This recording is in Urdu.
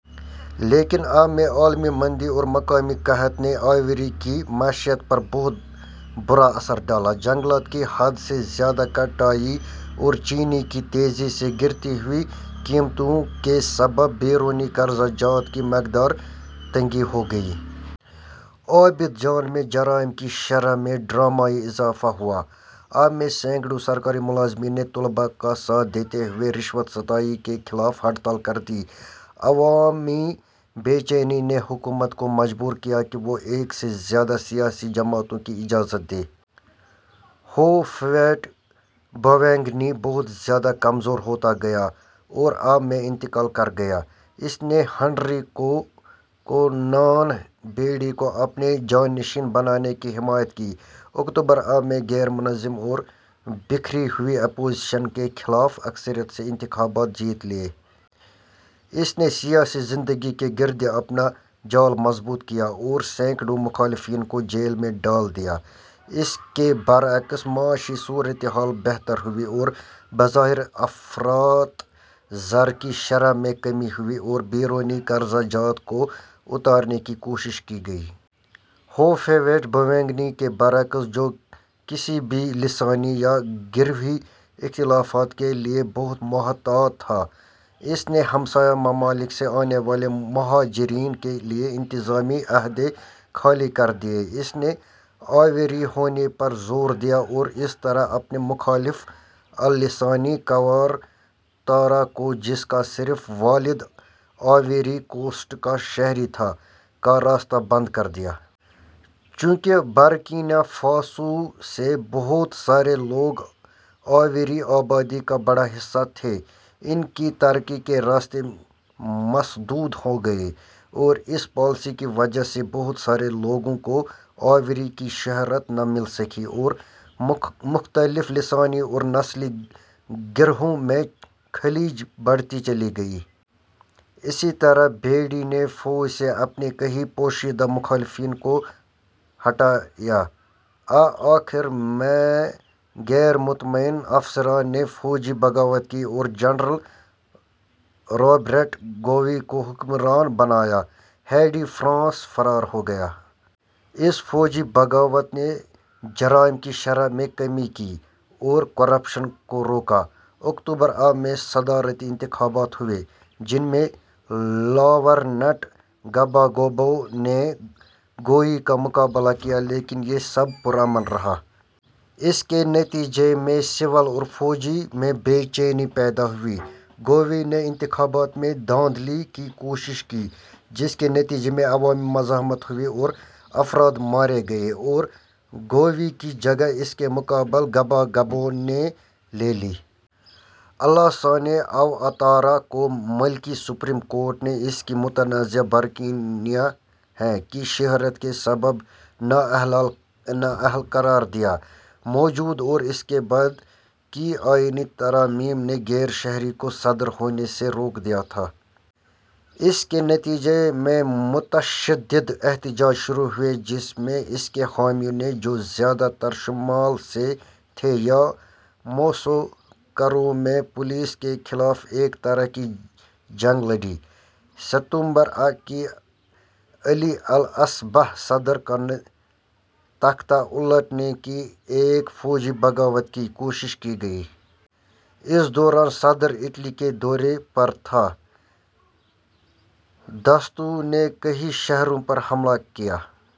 لیکن ء میں عالمی مندی اور مقامی قحط نے آئیوری کی معیشت پر بہت برا اثر ڈالا۔ جنگلات کی حد سے زیادہ کٹائی اور چینی کی تیزی سی گرتی ہوئی قیمتوں کے سبب بیرونی قرضہ جات کی مقدار تگنی ہو گئی۔ عابدجان میں جرائم کی شرح میں ڈرامائی اضافہ ہوا۔ ء میں سینکڑوں سرکاری ملازمین نے طلبہ کا ساتھ دیتے ہوئے رشوت ستانی کے خلاف ہڑتال کردی۔ عوامی بے چینی نے حکومت کو مجبور کیا کہ وہ ایک سے زیادہ سیاسی جماعتوں کی اجازت دے۔ ہوفویٹ-بوئیگنی بہت زیادہ کمزور ہوتا گیا اور ء میں انتقال کر گیا۔ اس نے ہنری کونان بیڈی کو اپنے جانشین بنانے کی حمایت کی۔ اکتوبر ء میں غیر منظم اور بکھری ہوئی اپوزیشن کے خلاف اکثریت سے انتخابات جیت لیے۔ اس نے سیاسی زندگی کے گرد اپنا جال مضبوط کیا اور سینکڑوں مخالفین کو جیل میں ڈال دیا۔ اس کے برعکس معاشی صورت حال بہتر ہوئی اور بظاہر افراط زر کی شرح میں کمی ہوئی اور بیرونی قرضہ جات کو اتارنے کی کوشش کی گئی۔ ہوفویٹ-بوئیگنی کے برعکس، جو کسی بھی لسانی یا گروہی اختلاف کے لیے بہت محتاط تھا، اس نے ہمسائیہ ممالک سے آنے والے مہاجرین کے لیے انتظامی عہدے خالی کر دیے۔ اس نے آئیوری ہونے پر زور دیا اور اس طرح اپنے مخالف الاسانے قوارتارا کو جس کا صرف والد آئیوری کوسٹ کا شہری تھا، کا راستہ بند کر دیا۔ چونکہ برکینا فاسو سے بہت سارے لوگ آئیوری آبادی کا بڑا حصہ تھے، ان کی ترقی کے راستے مسدود ہو گئے اور اس پالیسی کی وجہ سے بہت سارے لوگوں کو آئیوری کی شہریت نہ مل سکی اور مختلف لسانی اور نسلی گروہوں میں خلیج بڑھتی چلی گئی۔ اسی طرح بیڈی نے فوج سے اپنے کئی پوشیدہ مخالفین کو ہٹایا۔ ء کے آخر میں غیر مطمئن افسران نے فوجی بغاوت کی اور جنرل رابرٹ گوئی کو حکمران بنایا۔ بیڈی فرانس فرار ہو گیا۔ اس فوجی بغاوت نے جرائم کی شرح میں کمی کی اور کرپشن کو روکا۔ اکتوبر ء میں صدارتی انتخابات ہوئے جن میں لاورنٹ گباگبو نے گوئی کا مقابلہ کیا لیکن یہ سب پرامن رہا۔ اس کے نتیجے میں سول اور فوج میں بے چینی پیدا ہوئی۔ گوئی نے انتخابات میں دھاندلی کی کوشش کی جس کے نتیجے میں عوامی مزاحمت ہوئی اور افراد مارے گئے اور گوئی کی جگہ اس کے مقابل گباگبو نے لے لی۔ الاسانے اواتارا کو ملکی سپریم کورٹ نے اس کی متنازع برکینابے کی شہریت کے سبب نااہل قرار دیا۔ موجود اور اس کے بعد کی آئینی ترامیم نے غیر شہری کو صدر ہونے سے روک دیا تھا۔ اس کے نتیجے میں متشدد احتجاج شروع ہوئے جس میں اس کے حامیوں نے جو زیادہ تر شمال سے تھے، یاموسوکرو میں پولیس کے خلاف ایک طرح کی جنگ لڑی۔ ستمبر ء کی علی الصبح صدر کا تختہ الٹنے کی ایک فوجی بغاوت کی کوشش کی گئی۔ اس دوران صدر اٹلی کے دورے پر تھا۔ دستوں نے کئی شہروں پر حملہ کیا۔